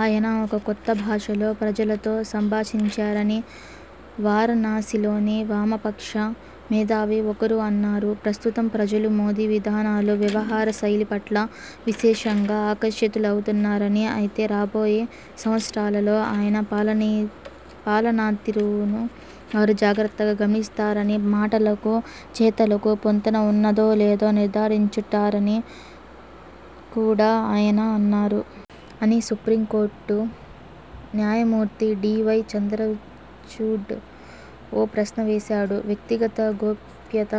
ఆయన ఒక కొత్త భాషలో ప్రజలతో సంభాషించారని' వారణాసిలోని వామపక్ష మేధావి ఒకరు అన్నారు. ప్రస్తుతం ప్రజలు మోదీ విధానాలు, వ్యవహారశైలిపట్ల విశేషంగా ఆకర్షితులవుతున్నారని, అయితే రాబోయే సంవత్సరాలలో ఆయన పాలనాతీరును వారు జాగ్రత్తగా గమనిస్తారని, మాటలకు చేతలకు పొంతన వున్నదో లేదో నిర్ధారించుకుంటారని కూడా ఆయన అన్నారు. అని సుప్రీంకోర్టు న్యాయమూర్తి డి. వై. చంద్రచూడ్ ఓ ప్రశ్న వేశారు. వ్యక్తిగత గోప్యత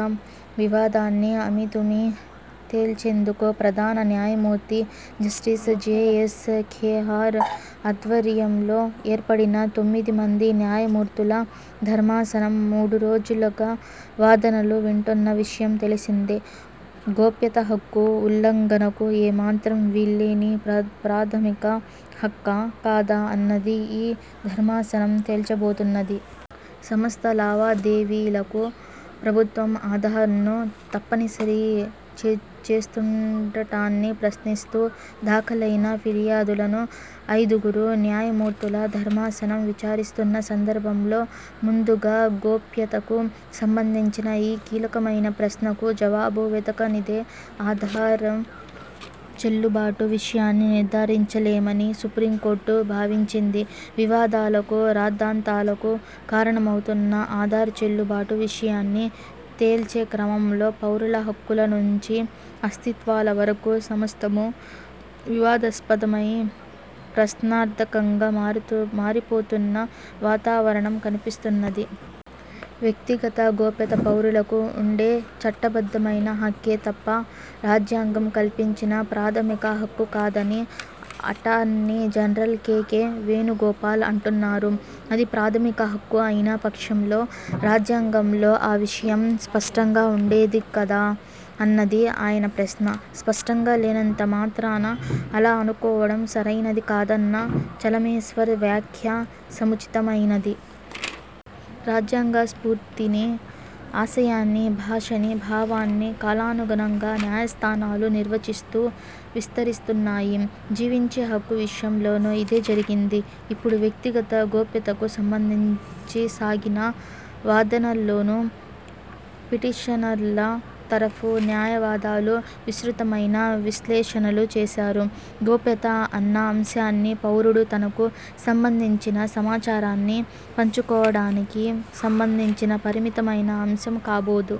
వివాదాన్ని అమీతుమీ తేల్చేందుకు ప్రధాన న్యాయమూర్తి జస్టిస్ జె. ఎస్. ఖేహార్ ఆధ్వర్యంలో ఏర్పడిన తొమ్మిది మంది న్యాయమూర్తుల ధర్మాసనం మూడురోజులుగా వాదనలు వింటున్న విషయం తెలిసిందే. గోప్యతహక్కు ఉల్లంఘనకు ఏమాత్రం వీల్లేని ప్రాథమిక హక్కా, కాదా అన్నది ఈ ధర్మాసనం తేల్చబోతున్నది. సమస్త లావాదేవీలకు ప్రభుత్వం ఆధార్ను తప్పనిసరి చేస్తుండటాన్ని ప్రశ్నిస్తూ దాఖలైన ఫిర్యాదులను ఐదుగురు న్యాయమూర్తుల ధర్మాసనం విచారిస్తున్న సందర్భంలో, ముందుగా గోప్యతకు సంబంధించిన ఈ కీలకమైన ప్రశ్నకు జవాబు వెతకనిదే ఆధార్ చెల్లుబాటు విషయాన్ని నిర్థారించలేమని సుప్రీంకోర్టు భావించింది. వివాదాలకు, రాద్ధాంతాలకు కారణమవుతున్న ఆధార్ చెల్లుబాటు విషయాన్ని తేల్చేక్రమంలో పౌరుల హక్కుల నుంచి అస్తిత్వాల వరకూ సమస్తమూ వివాదాస్పదమై, ప్రశ్నార్థకంగా మారిపోతున్న వాతావరణం కనిపిస్తున్నది. వ్యక్తిగత గోప్యత పౌరులకు ఉండే చట్టబద్ధమైన హక్కే తప్ప, రాజ్యాంగం కల్పించిన ప్రాథమిక హక్కు కాదని attorney general K. K. Venugopal అంటున్నారు. అది ప్రాథమిక హక్కు అయిన పక్షంలో రాజ్యాంగంలో ఆ విషయం స్పష్టంగా ఉండేది కదా అన్నది ఆయన ప్రశ్న. స్పష్టంగా లేనంత మాత్రాన అలా అనుకోవడం సరైనది కాదన్న చలమేశ్వర్ వ్యాఖ్య సముచితమైనది. రాజ్యాంగ స్ఫూర్తినీ, ఆశయాన్నీ, భాషనీ, భావాన్నీ కాలానుగుణంగా న్యాయస్థానాలు నిర్వచిస్తూ విస్తరిస్తున్నాయి. జీవించే హక్కు విషయంలోనూ ఇదే జరిగింది. ఇప్పుడు, వ్యక్తిగత గోప్యతకు సంబంధించి సాగిన వాదనల్లోనూ పిటిషనర్ల తరఫు న్యాయవాదులు విస్తృతమైన విశ్లేషణలు చేశారు. గోప్యత అన్న అంశాన్ని పౌరుడు తనకు సంబంధించిన సమాచారాన్ని పంచుకోవడానికి సంబంధించిన పరిమితమైన అంశం కాబోదు.